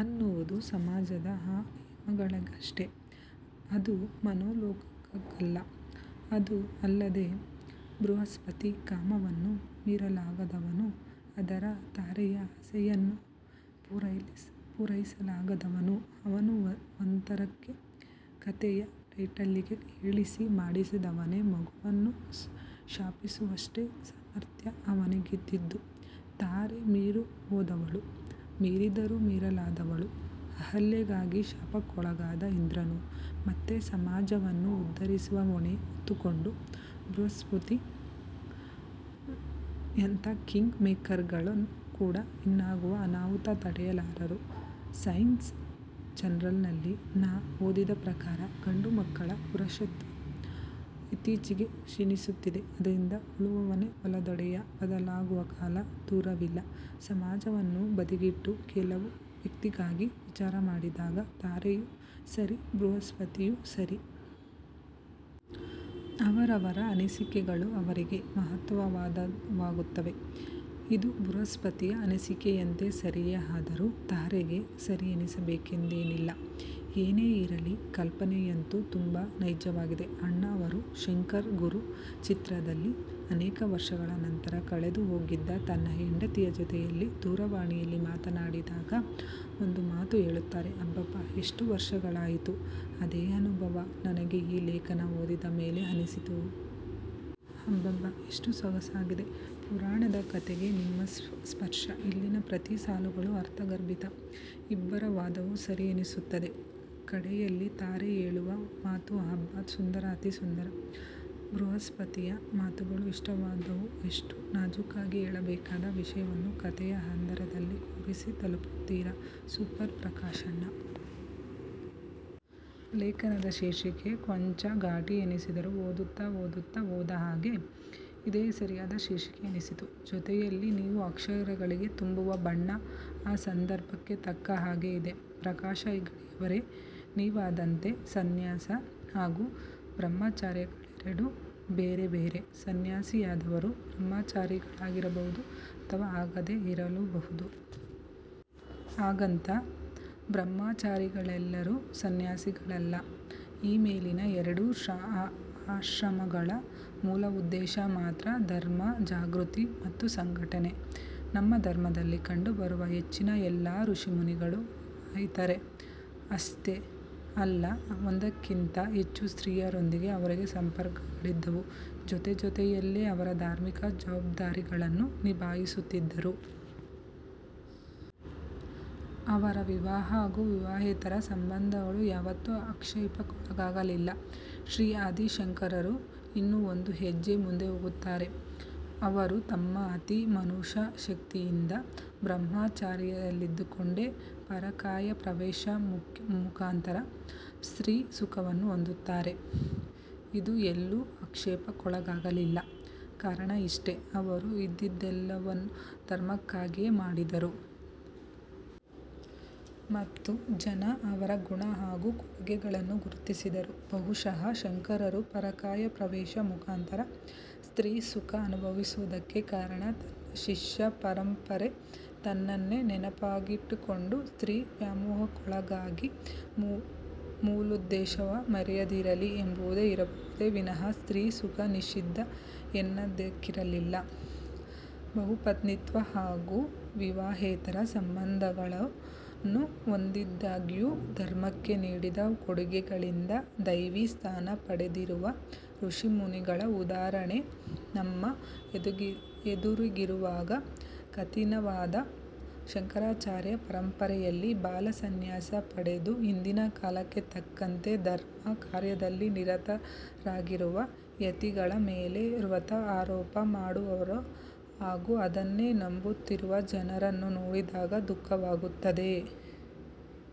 ಅನ್ನುವುದು ಸಮಾಜದ ಆ ನಿಯಮಗಳಿಗಷ್ಟೆ.. ಅದು ಮನೋಲೋಕಕ್ಕಲ್ಲಅದು ಅಲ್ಲದೆ ಬೃಹಸ್ಪತಿ ಕಾಮವನ್ನ ಮೀರಲಾಗದವನು ಆದರೂ ತಾರೆಯ ಆಸೆಯನ್ನ ಪೂರೈಸಲಾಗದವನುಅವನು ಒಂಥರಕ್ಕೆ ಕಥೆಯ ಟೈಟಲ್ಲಿಗೆ ಹೇಳಿಸಿ ಮಾಡಿಸಿದವನೆ ಮಗುವನ್ನು ಶಪಿಸುವಷ್ಟೇ ಸಾಮರ್ಥ್ಯ ಅವನಿಗಿದ್ದದ್ದು ತಾರೆ ಮೀರಹೋದವಳು. ಮೀರಿದರೂ ಮೀರಲಾರದವಳು. ಅಹಲ್ಯೆಗಾಗಿ ಶಾಪಕ್ಕೊಳಗಾದ ಇಂದ್ರನೂ. ಮತ್ತೆ ಸಮಾಜವನ್ನು ಉದ್ಧರಿಸುವ ಹೊಣೆ ಹೊತ್ತುಕೊಂಡ ಬೃಹಸ್ಪತಿಯಂತ ಕಿಂಗ್ ಮೇಕರ್ರ್ ಗಳು ಕೂಡ ಇನ್ನಾಗುವ ಅನಾಹುತ ತಡೆಯಲಾರರುಸೈನ್ಸ್ ಜರ್ನಲ್ ನಲ್ಲಿ ನಾ ಓದಿದ ಪ್ರಕಾರ, ಗಂಡು ಮಕ್ಕಳ ಪುರುಷತ್ವ ಇತ್ತೀಚಿಗೆ ಕ್ಷೀಣಿಸುತ್ತಿದೆ, ಆದ್ದರಿಂದ ಉಳುವವನೇ ಹೊಲದೊಡೆಯ ಬದಲಾಗುವ ಕಾಲ ದೂರವಿಲ್ಲಸಮಾಜವನ್ನು ಬದಿಗಿಟ್ಟು ಕೇವಲ ವ್ಯಕ್ತಿಯಾಗಿ ವಿಚಾರಮಾಡಿದಾಗ ತಾರೆಯೂ ಸರಿ ಬೃಹಸ್ಪತಿಯೂ ಸರಿ. ಅವರವರ ಅನಿಸಿಕೆಗಳು ಅವರಿಗೆ ಮಹತ್ವದ್ದಾಗುತ್ತವೆ. ಇದು ಬೃಹಸ್ಪತಿಯ ಅನಿಸಿಕೆಯಂತೆ ಸರಿಯೇಅದರೂ ತಾರೆಗೆ ಸರಿಯೆನಿಸಬೇಕೆಂದೇನಿಲ್ಲಏನೆ ಇರಲಿ ಕಲ್ಪನೆಯಂತೂ ತುಂಬ ನೈಜವಾಗಿದೆ. ಅಣ್ಣಾವ್ರು ಶಂಕರ್ ಗುರು ಚಿತ್ರದಲ್ಲಿ ಅನೇಕ ವರ್ಷಗಳ ನಂತರ ಕಳೆದು ಹೋಗಿದ್ದ ತನ್ನ ಹೆಂಡತಿಯ ಜೊತೆಯಲ್ಲಿ ದೂರವಾಣಿಯಲ್ಲಿ ಮಾತಾಡಿದಾಗ ಒಂದು ಮಾತು ಹೇಳುತ್ತಾರೆ "ಅಬ್ಬಬ್ಬಾ ಎಷ್ಟು ವರ್ಷಗಳಾಯ್ತು" ಅದೇ ಅನುಭವ ನನಗೆ ಈ ಲೇಖನ ಓದಿದ ಮೇಲೆ ಅನಿಸಿತು. ಅಬ್ಬಬ್ಬಾ ಎಷ್ಟು ಸೊಗಸಾಗಿದೆ ಪುರಾಣದ ಕಥೆಗೆ ನಿಮ್ಮ ಸ್ಪರ್ಶ. ಇಲ್ಲಿನ ಪ್ರತಿ ಸಾಲುಗಳು ಅರ್ಥಗರ್ಭಿತ. ಇಬ್ಬರ ವಾದವೂ ಸರಿ ಅನ್ನಿಸುತ್ತದೆ ಕಡೆಯಲ್ಲಿ ತಾರೆ ಹೇಳುವ ಮಾತು ಅಬ್ಬಾ ಸುಂದರ ಅತಿ ಸುಂದರ. ಬೃಹಸ್ಪತಿಯ ಮಾತುಗಳು ಇಷ್ಟವಾದವುಎಷ್ಟು ನಾಜೂಕಾಗಿ ಹೇಳಬೇಕಾದ ವಿಷಯವನ್ನು ಕಥೆಯ ಹಂದರದಲ್ಲಿ ಕೂರಿಸಿ ತಲುಪಿಸುತ್ತೀರಾ ಸೂಪರ್ ಪ್ರಕಾಶಣ್ಣ. ಲೇಖನದ ಶೀರ್ಷಿಕೆ ಕೊಂಚ ಘಾಟಿ ಎನಿಸಿದರೂ ಓದುತ್ತ ಓದುತ್ತಾ ಹೋದ ಹಾಗೆ ಇದೆ ಸರಿಯಾದ ಶೀರ್ಷಿಕೆ ಎನ್ನಿಸಿತು. ಜೊತೆಯಲ್ಲಿ ನೀವು ಅಕ್ಷರಗಳಿಗೆ ತುಂಬುವ ಬಣ್ಣ. ಆ ಸಂದರ್ಭಕ್ಕೆ ತಕ್ಕ ಹಾಗೆ ಇದೆ. ಪ್ರಕಾಶ ಹೆಗಡೆಯವರೇ ನೀವಂದಂತೇ ಸನ್ಯಾಸ ಹಾಗೂ ಬ್ರಹ್ಮಚರ್ಯಗಳೆರದೂ ಬೇರೆ ಬೇರೆ. ಸನ್ಯಾಸಿಯಾದವರು ಬ್ರಹ್ಮಚಾರಿಗಳಾಗಿರಬಹುದು ಅಥವಾ ಆಗದೇ ಇರಲುಬಹುದು. ಹಾಗಂತ ಬ್ರಹ್ಮಚಾರಿಗಳೆಲ್ಲರೂ ಸನ್ಯಾಸಿಗಲಲ್ಲ. ಈಮೇಲಿನ ಎರಡೂ ಆಶ್ರಮಗಳ ಮೂಲ ಉದ್ದೇಶ ಮಾತ್ರ ಧರ್ಮ ಜಾಗ್ರತಿ ಮತ್ತು ಸಂಘಟನೆ. ನಮ್ಮ ಧರ್ಮದಲ್ಲಿ ಕಂಡು ಬರುವ ಹೆಚ್ಚಿನ ಎಲ್ಲ ಋಷಿಮುನಿಗಳೂ ವಿವಾಹಿತರೆ. ಅಶ್ತೆ ಅಲ್ಲ ಒಂದಕ್ಕಿಂತ ಹೆಚ್ಚು ಸ್ತ್ರೀ ಯರೊಂದಿಗೆ ಅವರಿಗೆ ಸಂಪರ್ಕಗಳಿದ್ದವು. ಜೊತೆಜೊತೆಯಲ್ಲೇ ಅವರ ಧಾರ್ಮಿಕ ಜವಾಬ್ದಾರಿಗಳನ್ನೂ ನಿಭಾಯಿಸುತ್ತಿದ್ದರು. ಅವರ ವಿವಾಹ ಹಾಗೂ ವಿವಾಹೇತರ ಸಂಬನ್ಧಗಳು ಯಾವತ್ತೂ ಆಕ್ಷೇಪಕ್ಕೊಳಗಾಗಲಿಲ್ಲ. ಶ್ರೀ ಆದಿಶಂಕರರು ಇನ್ನೂ ಒಂದು ಹೆಜ್ಜೆ ಮುಂದೆ ಹೋಗುತ್ತಾರೆ. ಅವರು ತಮ್ಮ ಅತಿ ಮಾನುಷ ಶಕ್ತಿಯಿಂದ ಬ್ರಹ್ಮ ಚರ್ಯದಲ್ಲಿದ್ದುಕೊಂಡೇ ಪರಕಾಯ ಪ್ರವೇಶ ಮುಖಾಂತರ ಸ್ತ್ರೀ ಸುಖವನ್ನು ಹೊಂದುತ್ತಾರೆ. ಇದು ಎಲ್ಲೂ ಅಕ್ಷೇಪಕ್ಕೊಳಗಾಗಲಿಲ್ಲ. ಕಾರಣ ಇಷ್ಟೇ ಅವರು ಇದೆಲ್ಲವನ್ನೂ ಧರ್ಮಕ್ಕಗಿಯೇ ಮಾಡಿದರು. ಮತ್ತು ಜನ ಅವರ ಗುಣ ಹಾಗೂ ಕೊಡುಗೆಗಳನ್ನು ಗುರುತಿಸಿದರು. ಬಹುಶಃ ಶಂಕರರು ಪರಕಾಯ ಪ್ರವೇಶ ಮುಖಾಂತರ ಸ್ತ್ರೀ ಸುಖ ಅನುಭವಿಸುವುದಕ್ಕೆ ಕಾರಣ ತನ್ನ ಶಿಷ್ಯ ಪರಂಪರೆ ತನ್ನನ್ನೇ ನೆಪವಾಗಿಟ್ಟುಕೊಂಡು ಸ್ತ್ರೀ ವ್ಯಾಮೋಹಕ್ಕೋಳಾಲಗಾಗಿ ಮೂಲೋದ್ದೇಶವನ್ನು ಮರೆಯದಿರಲಿ ಎಂಬುದೇ ಇರಬಹುದೇ ವಿನಃ ಸ್ತ್ರೀ ಸುಖ ನಿಷಿಧ ಎನ್ದಾಗಿರಲಿಕ್ಕಿಲ್ಲ. ಬಹುಪತ್ನಿತ್ವ ಹಾಗೂ ವಿವಾಹೇತರ ಸಂಬಂಧಗಳನ್ನು ಹೊಂದಿದ್ದಾಗ್ಯೂ ಧರ್ಮಕ್ಕೆ ನೀಡಿದ ಕೊಡುಗೆಯಿಂದ ದೈವೀ ಸ್ಥಾನ ಪಡೆದಿರುವ ಋಷಿಮುನಿಗಳ ಉದಾಹರಣೆ ನಮ್ಮ ಎದುರಿಗಿರುವಾಗ ಕಥಿನವಾದ ಶಂಕರಾಚಾರ್ಯ ಪರಂಪರೆಯಲ್ಲಿ ಬಾಲ ಸನ್ಯಾಸ ಪಡೆದು ಇಂದಿನ ಕಾಲಕೆ ತಕ್ಕಂತೆ ಧರ್ಮ ಕಾರ್ಯದಲ್ಲಿ ನಿರತ ರಾಗಿರುವ ಯತಿಗಳ ಮೇಲೆ ವ್ರತ ಆರೋಪ ಮಾಡುವವರು ಹಾಗೂ ಅದನ್ನೇ ನಂಬುತ್ತಿರುವ ಜನರನ್ನು ನೋಡಿದಾಗ ದುಃಖವಾಗುತ್ತದೆ.